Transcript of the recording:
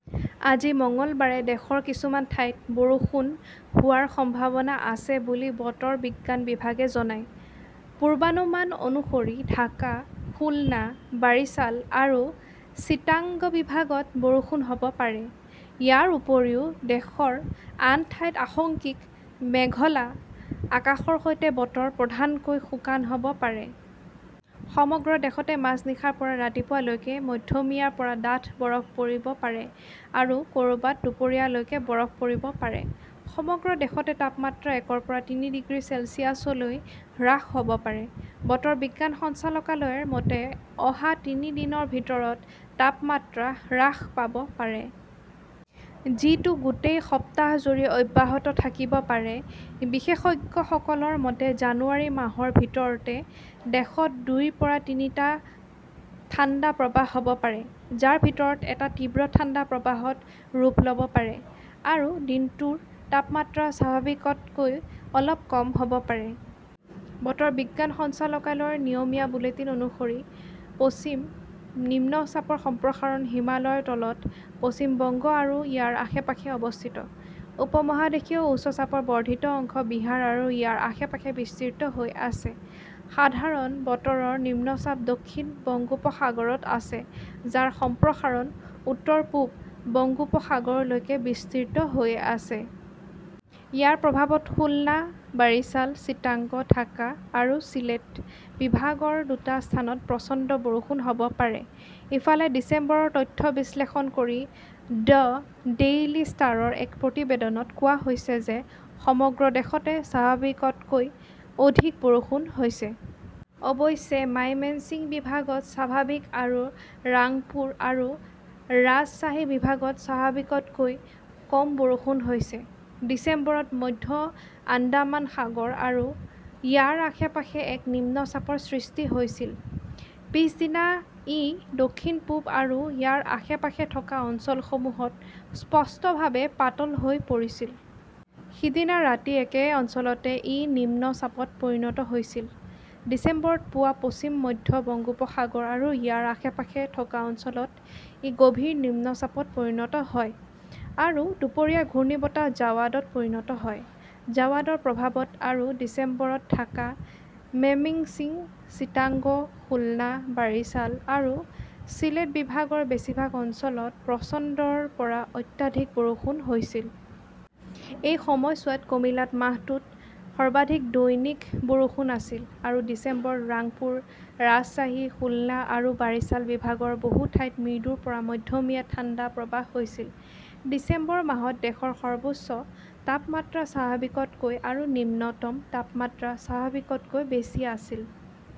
আজি মঙলবাৰে দেশৰ কিছুমান ঠাইত বৰষুণ হোৱাৰ সম্ভাৱনা আছে বুলি বতৰ বিজ্ঞান বিভাগে জনায়। পূৰ্বানুমান অনুসৰি ঢাকা, খুলনা, বাৰিছাল আৰু চিটাগং বিভাগত বৰষুণ হ'ব পাৰে। ইয়াৰ উপৰিও, দেশৰ আন ঠাইত আংশিক মেঘলা আকাশৰ সৈতে বতৰ প্ৰধানকৈ শুকান হ'ব পাৰে। সমগ্ৰ দেশতে মাজনিশাৰ পৰা ৰাতিপুৱা লৈকে মধ্যমীয়াৰ পৰা ডাঠ বৰফ পৰিব পাৰে আৰু ক'ৰবাত দুপৰীয়া লৈকে বৰফ পৰিব পাৰে। সমগ্ৰ দেশতে তাপমাত্ৰা একৰ পৰা তিনি ডিগ্ৰী চেলছিয়াছলৈ হ্ৰাস হ'ব পাৰে, বতৰ বিজ্ঞান সঞ্চালকালয়ৰ মতে, অহা তিনি দিনৰ ভিতৰত তাপমাত্ৰা হ্ৰাস পাব পাৰে। যিটো গোটেই সপ্তাহজুৰি অব্যাহত থাকিব পাৰে। বিশেষজ্ঞসকলৰ মতে, জানুৱাৰী মাহৰ ভিতৰতে দেশত দুইৰ পৰা তিনিটা ঠাণ্ডা প্ৰৱাহ হ'ব পাৰে। যাৰ ভিতৰত এটা তীব্ৰ ঠাণ্ডা প্ৰৱাহত ৰূপ ল 'ব পাৰে। আৰু দিনটোৰ তাপমাত্ৰা স্বাভাৱিকতকৈ অলপ কম হ'ব পাৰে। বতৰ বিজ্ঞান সঞ্চালকালয়ৰ নিয়মীয়া বুলেটিন অনুসৰি, পশ্চিম নিম্নচাপৰ সম্প্ৰসাৰণ হিমালয়ৰ তলৰ পশ্চিম বংগ আৰু ইয়াৰ আশে-পাশে অৱস্থিত। উপ-মহাদেশীয় উচ্চ চাপৰ বৰ্ধিত অংশ বিহাৰ আৰু ইয়াৰ আশে-পাশে বিস্তৃত হৈ আছে। সাধাৰণ বতৰৰ নিম্নচাপ দক্ষিণ বংগোপসাগৰত আছে, যাৰ সম্প্ৰসাৰণ উত্তৰ-পূব বংগোপসাগৰলৈকে বিস্তৃত হৈ আছে। ইয়াৰ প্ৰভাৱত খুলনা, বাৰিছাল, চিটাগং, ঢাকা আৰু চিলেট বিভাগৰ দুটা স্থানত প্ৰচণ্ড বৰষুণ হ'ব পাৰে। ইফালে, ডিচেম্বৰৰ তথ্য বিশ্লেষণ কৰি দ্য ডেইলী ষ্টাৰৰ এক প্ৰতিবেদনত কোৱা হৈছে যে, সমগ্ৰ দেশতে স্বাভাৱিকতকৈ অধিক বৰষুণ হৈছে। অৱশ্যে, মাইমেঞ্চিং বিভাগত স্বাভাৱিক আৰু ৰাংপুৰ আৰু ৰাজশ্বাহী বিভাগত স্বাভাৱিকতকৈ কম বৰষুণ হৈছে। ডিচেম্বৰত মধ্য আন্দামান সাগৰ আৰু ইয়াৰ আশে-পাশে এক নিম্নচাপৰ সৃষ্টি হৈছিল। পিছদিনা ই দক্ষিণ-পূব আৰু ইয়াৰ আশে-পাশে থকা অঞ্চলসমূহত স্পষ্টভাৱে পাতল হৈ পৰিছিল। সেইদিনা ৰাতি একে অঞ্চলতে ই নিম্ন চাপত পৰিণত হৈছিল। ডিচেম্বৰত পুৱা পশ্চিম-মধ্য বংগোপসাগৰ আৰু ইয়াৰ আশে-পাশে থকা অঞ্চলত ই গভীৰ নিম্ন চাপত পৰিণত হয় আৰু দুপৰীয়া ঘূৰ্ণীবতাহ "জাৱাদ" ত পৰিণত হয়। জাৱাদৰ প্ৰভাৱত আৰু ডিচেম্বৰত ঢাকা, মেমিন্সিং, চিটাগং, খুলনা, বাৰিছাল আৰু চিলেট বিভাগৰ বেছিভাগ অঞ্চলত প্ৰচণ্ডৰ পৰা অত্যাধিক বৰষুণ হৈছিল। এই সময়ছোৱাত কমিলাত মাহটোৰ সৰ্বাধিক দৈনিক বৰষুণ আছিল। আৰু ডিচেম্বৰত ৰাংপুৰ, ৰাজশ্বাহী, খুলনা আৰু বাৰিছাল বিভাগৰ বহু ঠাইত মৃদুৰ পৰা মধ্যমীয়া ঠাণ্ডা প্ৰৱাহ হৈছিল। ডিচেম্বৰ মাহত দেশৰ সৰ্বোচ্চ তাপমাত্ৰা স্বাভাৱিকতকৈ আৰু নিম্নতম তাপমাত্ৰা স্বাভাৱিকতকৈ বেছি আছিল